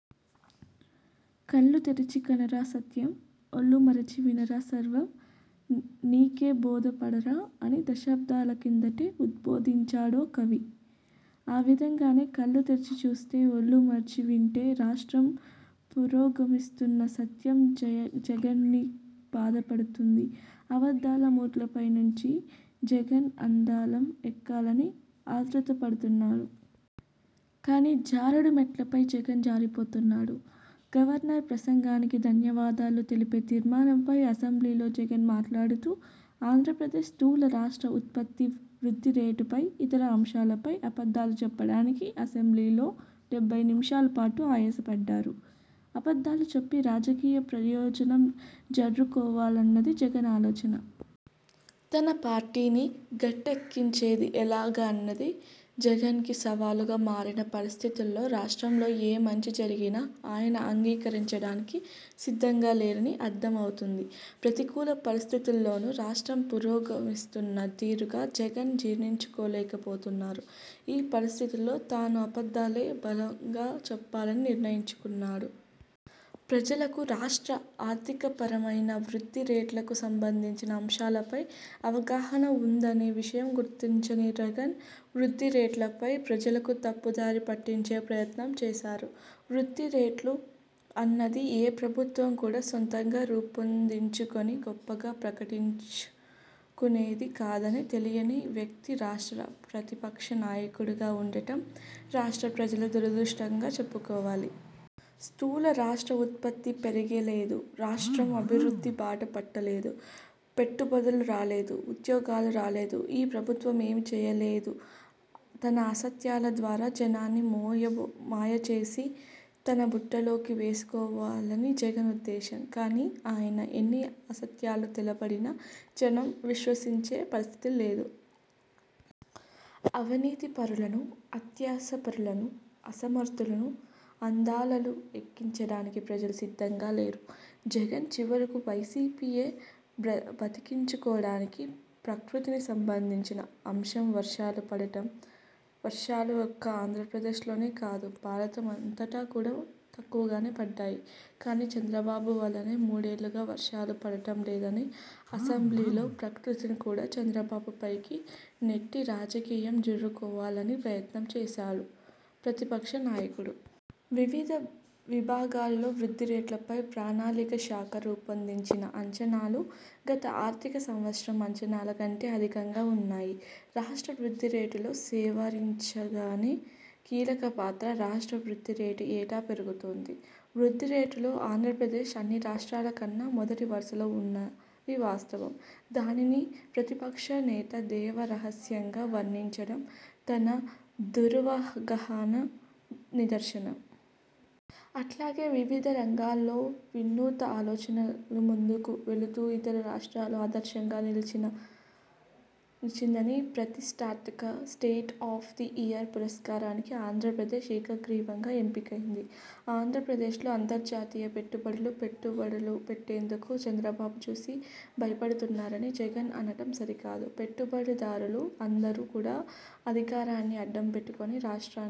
కళ్ళు తెరచి కనరా సత్యం, ఒళ్లు మరిచి వినరా సర్వం నీకే బోధపడురా అని దశాబ్దాల కిందటే ఉద్బోధించాడో కవి. ఆ విధంగానే కళ్ళు తెరిచి చూస్తే, ఒళ్లు మరిచి వింటే రాష్ట్రం పురోగమిస్తున్న సత్యం జగన్ నీ బాధ పెడుతుంది. అబద్ధాల మోట్లపై నుంచి జగన్ అందాలం ఎక్కాలని ఆతృతపడుతున్నారు. కానీ జారుడు మెట్లపై జగన్ జారిపోతున్నాడు. గవర్నర్ ప్రసంగానికి ధన్యవాదాలు తెలిపే తీర్మానంపై అసెంబ్లీలో జగన్ మాట్లాడుతూ ఆంధ్రప్రదేశ్ స్థూల రాష్ట్ర ఉత్పత్తి వృద్ధిరేటుపై, ఇతర అంశాలపై అబద్ధాలు చెప్పడానికి అసెంబ్లీలో డెబ్బై నిమిషాల పాటు ఆయాసపడ్డారు. అబద్ధాలు చెప్పి రాజకీయ ప్రయోజనం జర్రుకోవాలన్నది జగన్ ఆలోచన. తన పార్టీని గట్టెక్కించేది ఎలాగా అన్నది జగన్కి సవాలుగా మారిన పరిస్థితుల్లో రాష్ట్రంలో ఏ మంచి జరిగినా ఆయన అంగీకరించడానికి సిద్ధంగా లేరని అర్థం అవుతుంది. ప్రతికూల పరిస్థితుల్లోనూ రాష్ట్రం పురోగమిస్తున్న తీరును జగన్ జీర్ణించుకోలేకపోతున్నారు. ఈ పరిస్థితుల్లో తాను అబద్ధాలనే బలంగా చెప్పాలని నిర్ణయించుకున్నారు. ప్రజలకు రాష్ట్ర ఆర్థికపరమైన, వృద్ధి రేట్లకు సంబంధించిన అంశాలపై అవగాహన వుందనే విషయం గుర్తించిన జగన్, వృద్ధిరేట్లపై ప్రజలకు తప్పుదారి పట్టించే ప్రయత్నం చేశారు. వృద్ధి రేట్లు అన్నది ఏ ప్రభుత్వం కూడా సొంతంగా రూపొందించుకొని గొప్పగా ప్రకటించుకునేది కాదని తెలియని వ్యక్తి రాష్ట్ర ప్రతిపక్ష నాయకుడిగా వుండటం రాష్ట్ర ప్రజల దురదృష్టంగా చెప్పుకోవాలి. స్థూల రాష్ట్ర ఉత్పత్తి పెరీగలేదు, రాష్ట్రం అభివృద్ధి బాట పట్టలేదు, పెట్టుబడులు రాలేదు, ఉద్యోగాలు రాలేదు, ఈ ప్రభుత్వం ఏమీ చేయలేదు. తన అసత్యాల ద్వారా జనాన్ని మాయచేసి తన బుట్టలోకి వేసుకోవాలని జగన్ ఉద్దేశం. కానీ ఆయన ఎన్ని అసత్యాలు తెగబడినా జనం విశ్వసించే పరిస్థితి లేదు. అవినీతిపరులను, అత్యాసపరులను, అసమర్థులను అందాలలు ఎక్కించడానికి ప్రజలు సిద్ధంగా లేరు. జగన్ చివరకు వైసీపీఏ బతికించుకోడానికి ప్రకృతికి సంబంధించిన అంశం వర్షాలు పడటం. వర్షాలు ఒక్క ఆంధ్రప్రదేశ్లోనే కాదు భారతమంతట కూడా తక్కువగానే పడ్డాయి. కానీ చంద్రబాబు వల్లనే మూడేళ్లుగా వర్షాలు పడటం లేదని అసెంబ్లీలో ప్రకృతిని కూడా చంద్రబాబుపైకి నెట్టి రాజకీయం జుర్రుకోవాలని ప్రయత్నం చేశారు ప్రతిపక్ష నాయకుడు. వివిధ విభాగాలలో వృద్ధిరేట్లపై ప్రణాళిక శాఖ రూపొందించిన అంచనాలు గత ఆర్థిక సంవత్సర అంచనాల కంటే అధికంగా వున్నాయి. రాష్ట్ర వృద్ధిరేటులో సేవరించగానే కీలకపాత్ర. రాష్ట్ర వృద్ధిరేటు ఏటా పెరుగుతోంది. వృద్ధిరేటులో ఆంధ్రప్రదేశ్ అన్నిరాష్ట్రాల కన్నా మొదటి వరుసలో వున్నది వాస్తవం. దానిని ప్రతిపక్ష నేత దేవ రహస్యంగా వర్ణించడం తన దురవగహన నిదర్శనం. అట్లాగే వివిధ రంగాలలో వినూత ఆలోచనల ముందుకు వెళుతూ ఇతర రాష్ట్రాల ఆదర్శంగా నిలిచిన నిలిచిందని ప్రతిష్టాతక state of the year పురస్కారానికి Andhra Pradesh ఏకగ్రీవంగా ఎంపికైంది. ఆంధ్రప్రదేశ్లో అంతర్జాతీయ పెట్టుబడులు పెట్టుబడులు పెట్టేందుకు చంద్రబాబును చూసి భయపడుతున్నారని జగన్ అనటం సరికాదు. పెట్టుబడిదారులు అందరూ కూడా అధికారాన్ని అడ్డం పెట్టుకొని రాష్ట్రాన్ని